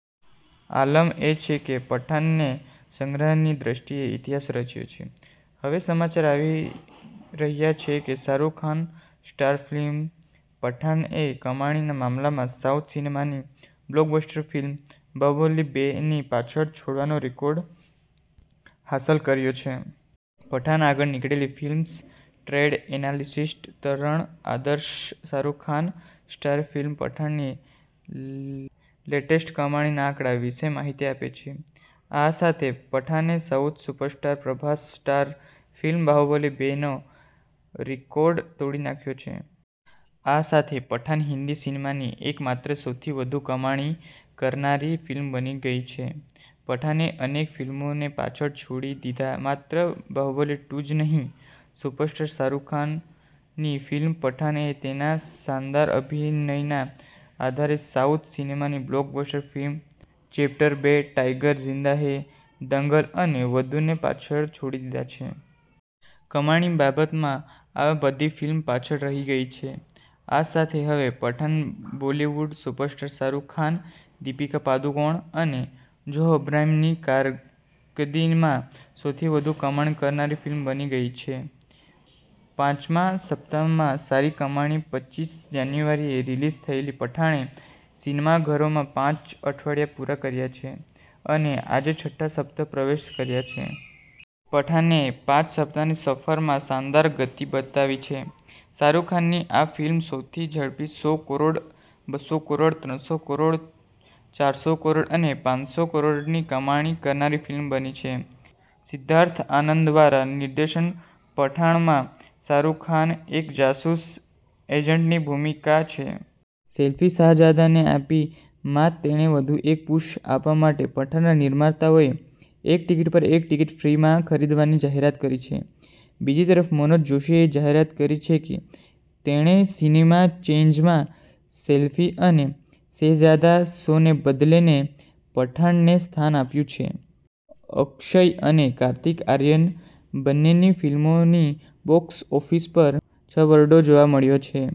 આલમ એ છે કે 'પઠાને' સંગ્રહની દૃષ્ટિએ ઇતિહાસ રચ્યો છે. હવે સમાચાર આવી રહ્યા છે કે શાહરૂખ ખાન સ્ટાર ફિલ્મ 'પઠાન'એ કમાણીના મામલામાં સાઉથ સિનેમાની બ્લોકબસ્ટર ફિલ્મ 'બાહુબલી બે 'ને પાછળ છોડવાનો રેકોર્ડ હાંસલ કર્યો છે. 'પઠાન' આગળ નીકળી films trade analyst Taran Adarsh Shahrukh Khan star film 'પઠાણ'ની લેટેસ્ટ કમાણીના આંકડા વિશે માહિતી આપી છે. આ સાથે 'પઠાને' સાઉથના superstar Prabhas starrer film 'Baahubali બે 'નો રેકોર્ડ તોડી નાખ્યો છે. આ સાથે 'પઠાન' હિન્દી સિનેમાની એકમાત્ર સૌથી વધુ કમાણી કરનારી ફિલ્મ બની ગઈ છે. 'પઠાને' અનેક ફિલ્મોને પાછળ છોડી દીધા માત્ર 'બાહુબલી ટુ' જ નહીં, સુપરસ્ટાર શાહરૂખ ખાનની ફિલ્મ 'પઠાણ'એ તેના શાનદાર અભિનયના આધારે સાઉથ સિનેમાની બ્લોકબસ્ટર ફિલ્મ ચેપ્ટર બે, ટાઈગર ઝિંદા હૈ, દંગલ અને વધુને પાછળ છોડી દીધા છે. કમાણીની બાબતમાં આ બધી ફિલ્મ પાછળ રહી ગઈ છે. આ સાથે હવે પઠાન બોલિવૂડ સુપરસ્ટાર શાહરૂખ ખાન, દીપિકા પાદુકોણ અને જોન અબ્રાહમની કારકિર્દીમાં સૌથી વધુ કમાણી કરનારી ફિલ્મ બની ગઈ છે. પાંચમા સપ્તાહમાં સારી કમાણી પચ્ચીસ જાન્યુઆરીએ રિલીઝ થયેલી પઠાણે સિનેમાઘરોમાં પાંચ અઠવાડિયા પૂરા કર્યા છે અને આજે છઠ્ઠા સપ્તાહ પ્રવેશ કર્યો છે. પઠાને પાંચ સપ્તાહની સફરમાં શાનદાર ગતિ બતાવી છે. શાહરૂખ ખાન ની આ ફિલ્મ સૌથી ઝડપી સો કરોડ, બસો કરોડ, ત્રણસો કરોડ, ચારસો કરોડ અને પાંસો કરોડની કમાણી કરનારી ફિલ્મ બની છે. સિદ્ધાર્થ આનંદ દ્વારા નિર્દેશિન પઠાણમાં શાહરૂખ ખાન એક જાસૂસ એજન્ટની ભૂમિકામાં છે. સેલ્ફી-શાહજાદાને આપી માત તેને વધુ એક પુશ આપવા માટે, પઠાણના નિર્માતાઓએ એક ટિકિટ પર એક ટીકીટ ફ્રીમાં ખરીદવાની જાહેરાત કરી છે. બીજી તરફ મનોજ જોશીએ જાહેરાત કરી છે કે, તેણે સિનેમા ચેન્જમાં સેલ્ફી અને શહેઝાદા શોને બદલીને પઠાણને સ્થાન આપ્યું છે. અક્ષય અને કાર્તિક આર્યન બંનેની ફિલ્મોની બોક્સ ઓફિસ પર છબરડો જોવા મળ્યો છે.